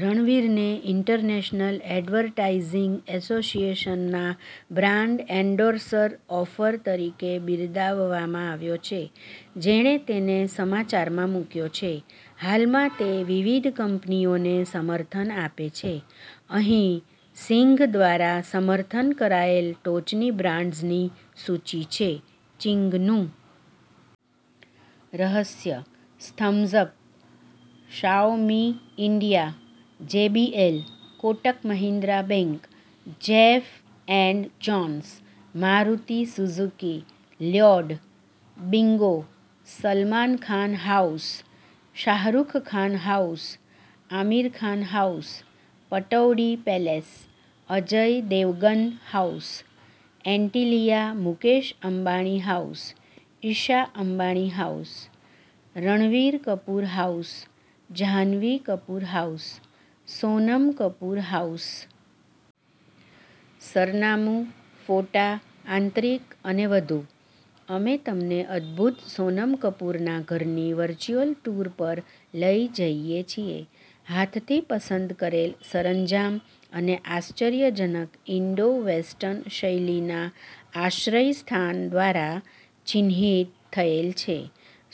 રણવીરને international advertising એસોસિએશનના brand endorser offer તરીકે બિરદાવવામાં આવ્યો છે, જેણે તેને સમાચારમાં મૂક્યો છે. હાલમાં તે વિવિધ કંપનીઓને સમર્થન આપે છે. અહીં સિંઘ દ્વારા સમર્થન કરાયેલ ટોચની બ્રાન્ડ્સની સૂચિ છે: ચિંગનું રહસ્ય, Thums Up, Xiaomi India, JBL, Kotak Mahindra bank, Jack and Jones, Maruti Suzuki, Lloyd, Bingo, Salman Khan house, Shahrukh Khan house, Aamir Khan house, Pataudi palace, Ajay Devgan house, Antilia, Mukesh Ambani house, Isha Ambani house, Ranbir Kapoor house, Janhvi Kapoor house, Sonam Kapoor house. સરનામું, ફોટા, આંતરિક અને વધુ: અમે તમને અદભૂત સોનમ કપૂરના ઘરની વર્ચ્યુઅલ ટૂર પર લઈ જઈએ છીએ, હાથથી પસંદ કરેલ સરંજામ અને આશ્ચર્યજનક ઇન્ડો-વેસ્ટર્ન શૈલીના આશ્રયસ્થાન દ્વારા ચિહ્નિત થયેલ છે.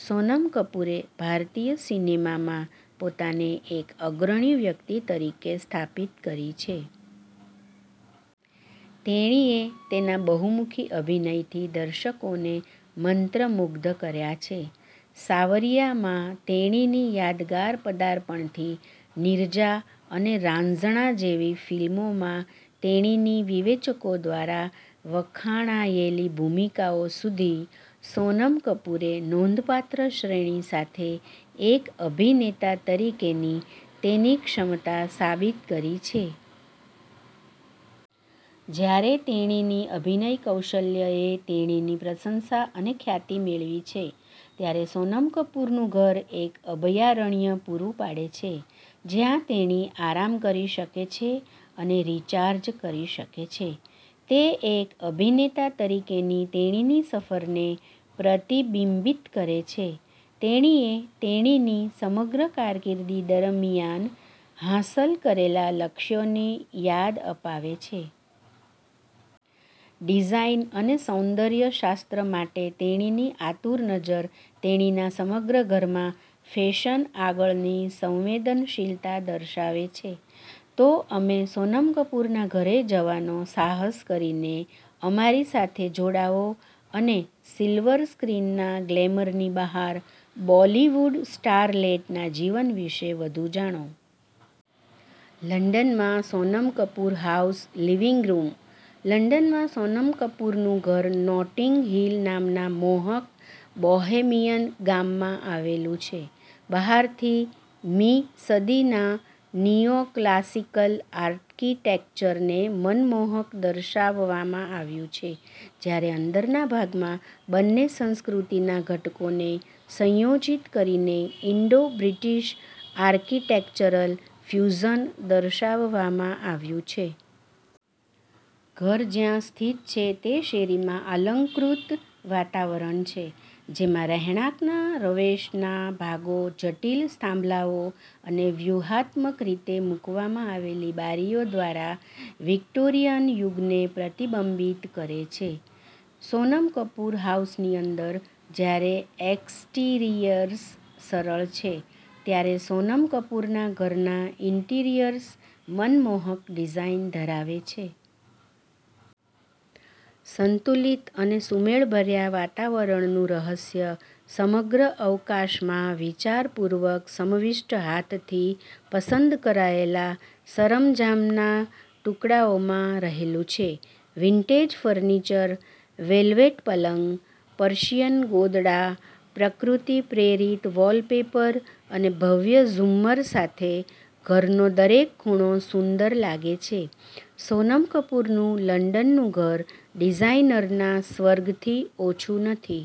સોનમ કપૂરે ભારતીય સિનેમામાં પોતાને એક અગ્રણી વ્યક્તિ તરીકે સ્થાપિત કરી છે. તેણીએ તેના બહુમુખી અભિનયથી દર્શકોને મંત્રમુગ્ધ કર્યા છે. સાવરિયા માં તેણીની યાદગાર પદાર્પણથી નીરજા અને રાંઝણા જેવી ફિલ્મોમાં તેણીની વિવેચકો દ્વારા વખાણાયેલી ભૂમિકાઓ સુધી, સોનમ કપૂરે નોંધપાત્ર શ્રેણી સાથે એક અભિનેતા તરીકેની તેની ક્ષમતા સાબિત કરી છે. જ્યારે તેણીની અભિનય કૌશલ્યએ તેણીની પ્રશંસા અને ખ્યાતિ મેળવી છે, ત્યારે સોનમ કપૂરનું ઘર એક અભયારણ્ય પૂરું પાડે છે જ્યાં તેણી આરામ કરી શકે છે અને રિચાર્જ કરી શકે છે. તે એક અભિનેતા તરીકેની તેણીની સફરને પ્રતિબિંબિત કરે છે, તેણીએ તેણીની સમગ્ર કારકિર્દી દરમિયાન હાંસલ કરેલા લક્ષ્યોની યાદ અપાવે છે. ડિઝાઇન અને સૌંદર્ય શાસ્ત્ર માટે તેણીની આતુર નજર તેણીના સમગ્ર ઘરમાં ફેશન-આગળની સંવેદનશીલતા દર્શાવે છે. તો અમે સોનમ કપૂરના ઘરે જવાનો સાહસ કરીને અમારી સાથે જોડાઓ અને સિલ્વર સ્ક્રીનના ગ્લેમરની બહાર બોલિવૂડ સ્ટારલેટના જીવન વિશે વધુ જાણો. લંડનમાં Sonam Kapoor house living room. લંડનમાં સોનમ કપૂરનું ઘર નોટિંગ હિલ નામના મોહક બોહેમિયન ગામમાં આવેલું છે. બહારથી, મી સદીના નિયોક્લાસિકલ આર્કિટેક્ચરને મનમોહક દર્શાવવામાં આવ્યું છે, જ્યારે અંદરના ભાગમાં બંને સંસ્કૃતિના ઘટકોને સંયોજિત કરીને ઈન્ડો-બ્રિટિશ આર્કિટેક્ચરલ ફ્યુઝન દર્શાવવામાં આવ્યું છે. ઘર જ્યાં સ્થિત છે તે શેરીમાં અલંકૃત વાતાવરણ છે, જેમાં રહેણાંકના રવેશના ભાગો જટિલ થાંભલાઓ અને વ્યૂહાત્મક રીતે મૂકવામાં આવેલી બારીઓ દ્વારા વિક્ટોરિયન યુગને પ્રતિબિંબિત કરે છે. સોનમ કપૂર હાઉસની અંદર, જ્યારે એક્સટીરિયર્સ સરળ છે, ત્યારે સોનમ કપૂરના ઘરના ઈન્ટિરિયર્સ મનમોહક ડિઝાઇન ધરાવે છે. સંતુલિત અને સુમેળભર્યા વાતાવરણનું રહસ્ય સમગ્ર અવકાશમાં વિચારપૂર્વક સમાવિષ્ટ હાથથી પસંદ કરાયેલા સરંજામના ટુકડાઓમાં રહેલું છે. વિન્ટેજ ફર્નિચર, વેલ્વેટ પલંગ, પર્શિયન ગોદડાં, પ્રકૃતિ-પ્રેરિત વૉલપેપર અને ભવ્ય ઝુમ્મર સાથે, ઘરનો દરેક ખૂણો સુંદર લાગે છે. સોનમ કપૂરનું લંડનનું ઘર ડિઝાઇનરના સ્વર્ગથી ઓછું નથી.